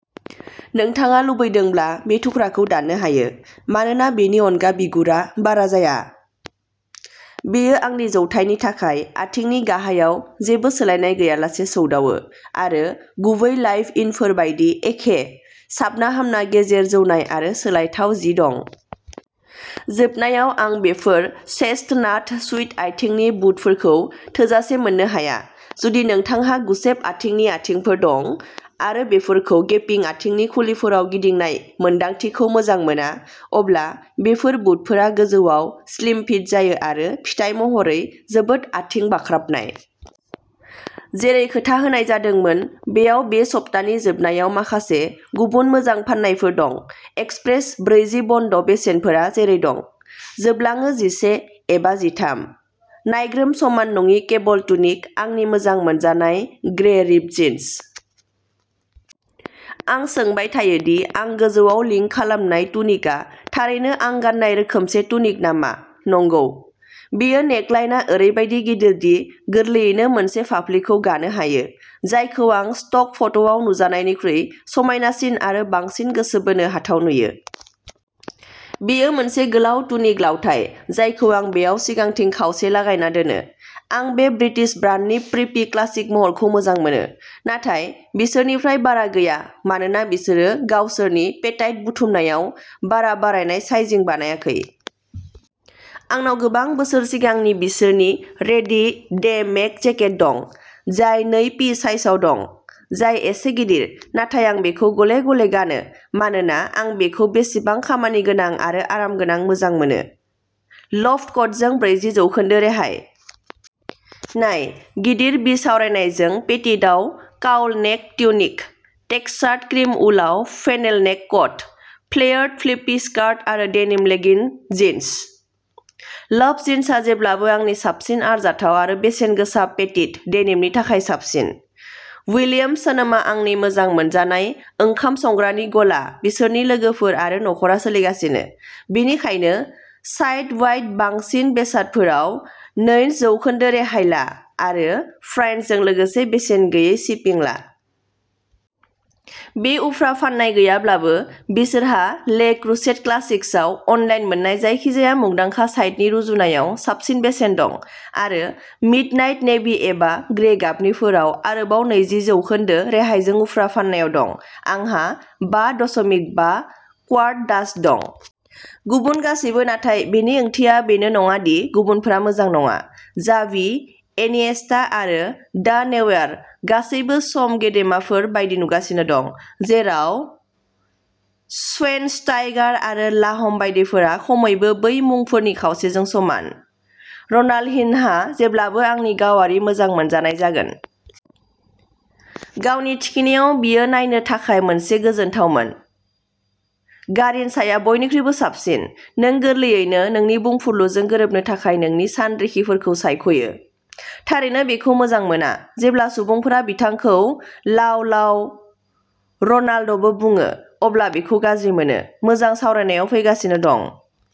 नोंथाङा लुबैदोंब्ला बे थुख्राखौ दाननो हायो, मानोना बेनि अनगा बिगुरा बारा जाया। बेयो आंनि जौथायनि थाखाय आथिंनि गाहायाव जेबो सोलायनाय गैयालासे सौदावो, आरो गुबै लाइभ-इनफोर बायदि एखे साबनाहामना गेजेर जौनाय आरो सोलायथाव जि दं। जोबनायाव, आं बेफोर चेस्टनाट सुइड आथिंनि बुटफोरखौ थोजासे मोननो हाया। जुदि नोंथांहा गुसेब आथिंनि आथिंफोर दं आरो बेफोरखौ गेपिं आथिंनि खुलिफोराव गिदिंनाय मोन्दांथिखौ मोजां मोना, अब्ला बेफोर बुटफोरा गोजौआव स्लिम फिट जायो आरो फिथाय महरै जोबोद आथिं-बाख्राबनाय। जेरै खोथा होनाय जादोंमोन, बेयाव बे सप्तानि जोबनायाव माखासे गुबुन मोजां फान्नायफोर दं एक्सप्रेस ब्रैजि बन्द, बेसेनफोरा जेरै दं। जोबलाङो जिसे एबा जिथाम। नायग्रोम समान नङि केबल टुनिक, आंनि मोजां मोनजानाय ग्रे रिप्ड जिन्स। आं सोंबाय थायो दि आं गोजौआव लिंक खालामनाय टुनिकआ थारैनो आं गान्नाय रोखोमसे टुनिक नामा नंगौ, बेयो नेकलाइनआ ओरैबायदि गिदिर दि गोरलैयैनो मोनसे फाफ्लिखौ गानो हायो, जायखौ आं स्ट'क फट'आव नुजानायनिख्रुइ समायनासिन आरो बांसिन गोसो बोनो हाथाव नुयो। बेयो मोनसे गोलाव टुनिक लावथाइ जायखौ आं बेयाव सिगांथिं खावसे-लागायना दोनो। आं बे ब्रिटिश ब्रान्डनि प्रिपि क्लासिक महरखौ मोजां मोनो, नाथाय बिसोरनिफ्राय बारा गैया मानोना बिसोरो गावसोरनि पेटाइट बुथुमनायाव बारा बारायनाय साइजिं बानायाखै। आंनाव गोबां बोसोर सिगांनि बिसोरनि रेनि डे मेक जेकेट दं, जाय नै पि साइजआव दं, जाय एसे गिदिर, नाथाय आं बेखौ गले-गले गानो मानोना आं बेखौ बेसेबां खामानिगोनां आरो आरामगोनां मोजां मोनो। लफ्ट-क'डजों ब्रैजि जौखोन्दो रेहाय। नाय गिदिर बिसावरायनायजों पेटिटआव cowl neck tunic, textured cream उलआव funnel neck cut, flared flippy skirt आरो डेनिम लेगिं जिन्स। लफ्ट जिन्सआ जेब्लाबो आंनि साबसिन आरजाथाव आरो बेसेनगोसा पेटिट डेनिमनि थाखाय साबसिन। विलियम्स सन'मा-आंनि मोजां मोनजानाय ओंखाम संग्रानि गला बिसोरनि लोगोफोर आरो नखरा सोलिगासिनो, बेनिखायनो साइट-वाइड बांसिन बेसादफोराव नैज् जौखोन्दो रेहाय ला आरो फ्राइन्डसजों लोगोसे बेसेन गैयै शिपिं ला। बे उफ्रा फान्नाय गैयाब्लाबो, बिसोरहा ले क्रुसेट क्लासिक्सआव अनलाइन मोन्नाय जायखिजाया मुंदांखा साइटनि रुजुनायाव साबसिन बेसेन दं आरो मिडनाइट नेभि एबा ग्रे गाबनिफोरा आरोबाव नैजि जौखोन्दो रेहायजों उफ्रा फान्नायाव दं। आंहा बा दशमिक बा क्वार्ट डाच दं। गुबुन गासैबो; नाथाय बेनि ओंथिया बेनो नङा दि गुबुनफोरा मोजां नङा। जाभि, इनिएस्टा आरो दा नेउयार गासैबो सम गेदेमाफोर बायदि नुगासिनो दं। जेराव श्वेनस्टाइगार आरो लाहम बायदिफोरा खमैबो बै मुंफोरनि खावसेजों समान। रनाल्डिनह'आ जेब्लाबो आंनि गावारि मोजां मोनजानाय जागोन। गावनि थिखिनियाव बियो नायनो थाखाय मोनसे गोजोनथावमोन। गारिनचाया बयनिख्रुइ साबसिन। नों गोरलैयैनो नोंनि बुंफुरलुजों गोरोबनो थाखाय नोंनि सानरिखिफोरखौ सायख'यो। थारैनो बेखौ मोजां मोना, जेब्ला सुबुंफोरा बिथांखौ'लाव-लाव'रनाल्ड'बो बुङो अब्ला बेखौ गाज्रि मोनो। मोजां सावरायनाय फैगासिनो दं।